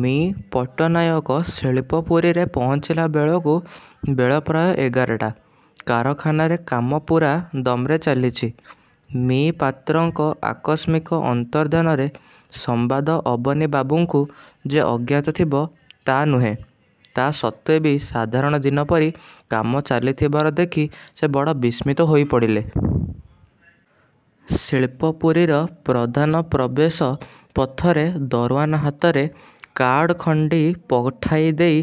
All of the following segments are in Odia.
ମି: ପଟ୍ଟନାୟକ ଶିଳ୍ପପୁରୀରେ ପହଞ୍ଚିଲା ବେଳକୁ ବେଳ ପ୍ରାୟ ଏଗାରଟା। କାରଖାନାରେ କାମ ପୂରା ଦମ୍ରେ ଚାଲିଛି। ମି: ପାତ୍ରଙ୍କ ଆକସ୍ମିକ ଅନ୍ତର୍ଦ୍ଧାନରେ ସମ୍ବାଦ ଅବନୀବାବୁଙ୍କୁ ଯେ ଅଜ୍ଞାତ ଥିବ, ତା ନୁହେଁ, ତା ସତ୍ତ୍ୱେ ବି ସାଧାରଣ ଦିନପରି କାମ ଚାଲିଥିବାର ଦେଖି ସେ ବଡ଼ ବିସ୍ମିତ ହୋଇ ପଡ଼ିଲେ। ଶିଳ୍ପପୁରୀର ପ୍ରଧାନ ପ୍ରବେଶ ପଥରେ ଦରଓ୍ୱାନ୍ ହାତରେ କାର୍ଡ଼ ଖଣ୍ଡି ପଠାଇ ଦେଇ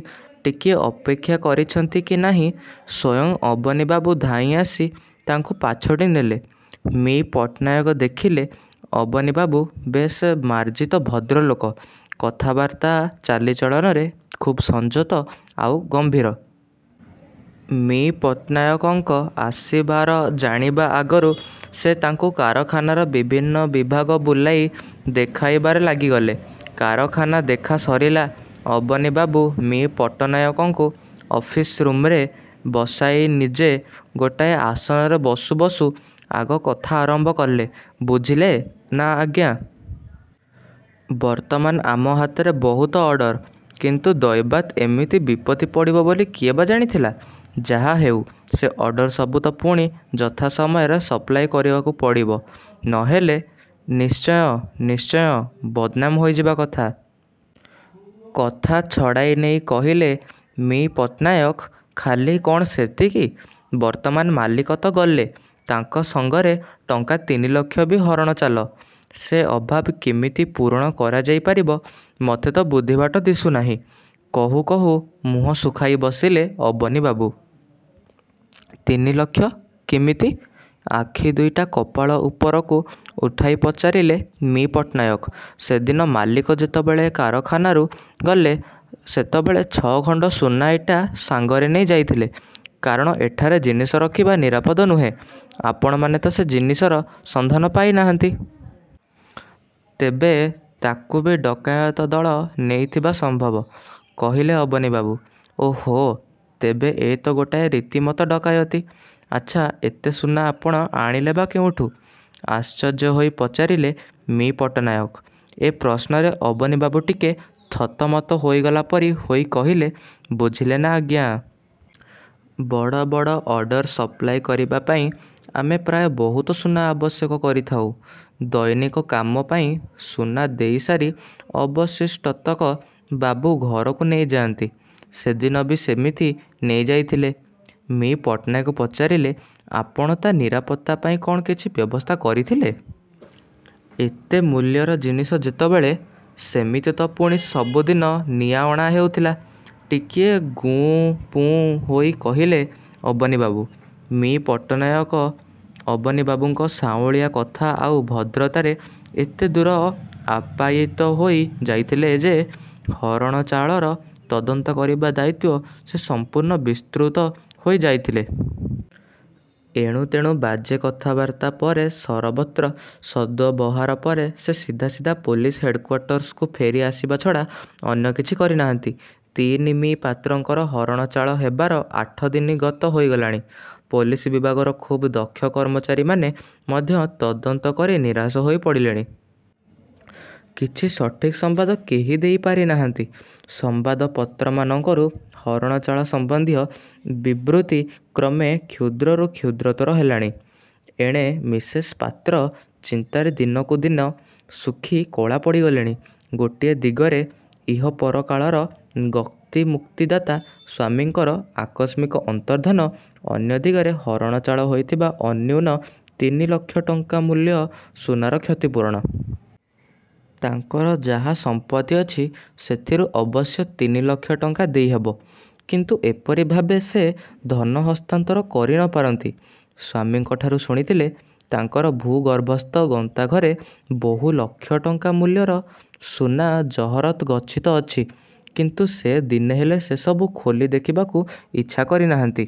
ଟିକିଏ ଅପେକ୍ଷା କରିଛନ୍ତି କି ନାହିଁ, ସ୍ୱୟଂ ଅବନୀବାବୁ ଧାଇଁ ଆସି ତାଙ୍କୁ ପାଛୋଟି ନେଲେ। ମି: ପଟ୍ଟନାୟକ ଦେଖିଲେ-ଅବନୀବାବୁ ବେଶ ମାର୍ଜିତ ଭଦ୍ରଲୋକ। କଥାବାର୍ତ୍ତା ଚାଲିଚଳନରେ ଖୁବ୍ ସଂଯତ, ଆଉ ଗମ୍ଭୀର। ମି: ପଟ୍ଟନାୟକଙ୍କ ଆସିବାର ଜାଣିବା ଆଗରୁ ସେ ତାଙ୍କୁ କାରଖାନାର ବିଭିନ୍ନ ବିଭାଗ ବୁଲାଇ ଦେଖାଇବାରେ ଲାଗିଗଲେ। କାରଖାନା ଦେଖା ସରିଲା। ଅବନୀବାବୁ ମି: ପଟ୍ଟନାୟକଙ୍କୁ ଅଫିସ୍ ରୁମ୍ରେ ବସାଇ ନିଜେ ଗୋଟିଏ ଆସନରେ ବସୁ ବସୁ ଆଗ କଥା ଆରମ୍ଭ କଲେ-''ବୁଝିଲେ ନା ଆଜ୍ଞା! ବର୍ତ୍ତମାନ ଆମ ହାତରେ ବହୁତ ଅର୍ଡ଼ର। କିନ୍ତୁ ଦୈବାତ୍ ଏମିତି ବିପତ୍ତି ପଡ଼ିବ ବୋଲି କିଏ ବା ଜାଣିଥିଲା? ଯାହାହେଉ, ସେ ଅର୍ଡ଼ର ସବୁ ତ ପୁଣି ଯଥା ସମୟରେ ସପ୍ଲାଇ କରିବାକୁ ପଡ଼ିବ; ନ ହେଲେ। '' ''ନିଶ୍ଚୟ, ନିଶ୍ଚୟ! ବଦ୍ନାମ ହୋଇଯିବା କଥା। '' କଥା ଛଡ଼ାଇ ନେଇ କହିଲେ ମି: ପଟ୍ଟନାୟକ। ''ଖାଲି କ'ଣ ସେତିକି! ବର୍ତ୍ତମାନ ମାଲିକ ତ ଗଲେ। ତାଙ୍କ ସଙ୍ଗରେ ଟଙ୍କା ତିନି ଲକ୍ଷ ବି ହରଣଚାଲ। ସେ ଅଭାବ କିମିତି ପୂରଣ କରାଯାଇ ପାରିବ, ମୋତେ ତ ବୁଦ୍ଧିବାଟ ଦିଶୁନାହିଁ! '' କହୁ କହୁ ମୁହଁ ଶୁଖାଇ ବସିଲେ ଅବନୀବାବୁ। ''ତିନି ଲକ୍ଷ! କିମିତି? '' ଆଖି ଦୁଇଟା କପାଳ ଉପରକୁ ଉଠାଇ ପଚାରିଲେ ମି: ପଟ୍ଟନାୟକ। ''ସେଦିନ ମାଲିକ ଯେତେବେଳେ କାରଖାନାରୁ ଗଲେ, ସେତେବେଳେ ଛ'ଖଣ୍ଡ ସୁନା ଇଟା ସାଙ୍ଗରେ ନେଇ ଯାଇଥିଲେ। କାରଣ ଏଠାରେ ଜିନିଷ ରଖିବା ନିରାପଦ ନୁହେଁ। ଆପଣମାନେ ତ ସେ ଜିନିଷର ସନ୍ଧାନ ପାଇ ନାହାନ୍ତି। ତେବେ ତାକୁ ବି ଡକାୟତ ଦଳ ନେଇଥିବା ସମ୍ଭବ। '' କହିଲେ ଅବନୀବାବୁ। ''ଓ ହୋଃ, ତେବେ ଏ ତ ଗୋଟାଏ ରୀତିମତ ଡକାୟତି! ଆଚ୍ଛା, ଏତେ ସୁନା ଆପଣ ଆଣିଲେ ବା କେଉଁଠୁ? '' ଆଶ୍ଚର୍ଯ୍ୟ ହୋଇ ପଚାରିଲେ ମି: ପଟ୍ଟନାୟକ। ଏ ପ୍ରଶ୍ନରେ ଅବନୀବାବୁ ଟିକେ ଥତମତ ହୋଇଗଲା ପରି ହୋଇ କହିଲେ, ''ବୁଝିଲେ ନା ଆଜ୍ଞା! ବଡ଼ ବଡ଼ ଅର୍ଡ଼ର ସପ୍ଲାଇ କରିବା ପାଇଁ ଆମେ ପ୍ରାୟ ବହୁତ ସୁନା ଆବଶ୍ୟକ କରିଥାଉଁ-। ଦୈନିକ କାମ ପାଇଁ ସୁନା ଦେଇ ସାରି ଅବଶିଷ୍ଟତକ ବାବୁ ଘରକୁ ନେଇ ଯାଆନ୍ତି। ସେଦିନ ବି ସେମିତି ନେଇ ଯାଇଥିଲେ। '' ମି: ପଟ୍ଟନାୟକ ପଚାରିଲେ-''ଆପଣ ତା' ନିରାପତ୍ତା ପାଇଁ କ'ଣ କିଛି ବ୍ୟବସ୍ଥା କରିଥିଲେ? ଏତେ ମୂଲ୍ୟର ଜିନିଷ ଯେତେବେଳେ। '' ''ସେମିତି ତ ପୁଣି ସବୁଦିନ ନିଆଅଣା ହେଉଥିଲା। '' ଟିକିଏ ଗୁଁ ପୁଁ ହୋଇ କହିଲେ ଅବନୀବାବୁ। ମି: ପଟ୍ଟନାୟକ ଅବନୀବାବୁଙ୍କ ସାଉଁଳିଆ କଥା ଆଉ ଭଦ୍ରତାରେ ଏତେଦୂର ଆପ୍ୟାୟିତ ହୋଇ ଯାଇଥିଲେ ଯେ ହରଣଚାଳର ତଦନ୍ତ କରିବା ଦାୟିତ୍ୱ ସେ ସମ୍ପୂର୍ଣ୍ଣ ବିସ୍ମୃତ ହୋଇ ଯାଇଥିଲେ। ଏଣୁ ତେଣୁ ବାଜେ କଥାବାର୍ତ୍ତା ପରେ ସରବତ୍ର ସଦ୍ବ୍ୟବହାର ପରେ ସେ ସିଧା ସିଧା ପୋଲିସ୍ ହେଡ଼୍କ୍ୱାଟର୍ସକୁ ଫେରି ଆସିବା ଛଡ଼ା ଅନ୍ୟ କିଛି କରି ନାହାନ୍ତି। -ତିନି- ମି: ପାତ୍ରଙ୍କର ହରଣଚାଳ ହେବାର ଆଠଦିନ ଗତ ହୋଇ ଗଲାଣି। ପୋଲିସ ବିଭାଗର ଖୁବ୍ ଦକ୍ଷ କର୍ମଚାରୀମାନେ ମଧ୍ୟ ତଦନ୍ତ କରି ନିରାଶ ହୋଇ ପଡ଼ିଲେଣି। କିଛି ସଠିକ ସମ୍ବାଦ କେହି ଦେଇ ପାରି ନାହାନ୍ତି। ସମ୍ବାଦପତ୍ରମାନଙ୍କରୁ ହରଣଚାଳ ସମ୍ବନ୍ଧୀୟ ବିବୃତି କ୍ରମେ କ୍ଷୁଦ୍ରରୁ କ୍ଷୁଦ୍ରତର ହେଲାଣି। ଏଣେ ମିସେସ୍ ପାତ୍ର ଚିନ୍ତାରେ ଦିନକୁ ଦିନ ଶୁଖି କଳା ପଡ଼ି ଗଲେଣି। ଗୋଟିଏ ଦିଗରେ ଇହପରକାଳର ଗତିମୁକ୍ତିଦାତା ସ୍ୱାମୀଙ୍କର ଆକସ୍ମିକ ଅନ୍ତର୍ଦ୍ଧାନ, ଅନ୍ୟ ଦିଗରେ ହରଣଚାଳ ହୋଇଥିବା ଅନ୍ୟୁନ ତିନିଲକ୍ଷ ଟଙ୍କା ମୂଲ୍ୟ ସୁନାର କ୍ଷତିପୂରଣ। ତାଙ୍କର ଯାହା ସମ୍ପତ୍ତି ଅଛି ସେଥିରୁ ଅବଶ୍ୟ ତିନି ଲକ୍ଷ ଟଙ୍କା ଦେଇ ହେବ, କିନ୍ତୁ ଏପରି ଭାବେ ସେ ଧନ ହସ୍ତାନ୍ତର କରି ନ ପାରନ୍ତି। ସ୍ୱାମୀଙ୍କଠାରୁ ଶୁଣିଥିଲେ-ତାଙ୍କର ଭୂ-ଗର୍ଭସ୍ଥ ଗନ୍ତାଘରେ ବହୁ ଲକ୍ଷ ଟଙ୍କା ମୂଲ୍ୟର ସୁନା ଜହରତ୍ ଗଚ୍ଛିତ ଅଛି। କିନ୍ତୁ ସେ ଦିନେ ହେଲେ ସେ ସବୁ ଖୋଲି ଦେଖିବାକୁ ଇଚ୍ଛା କରି ନାହାନ୍ତି।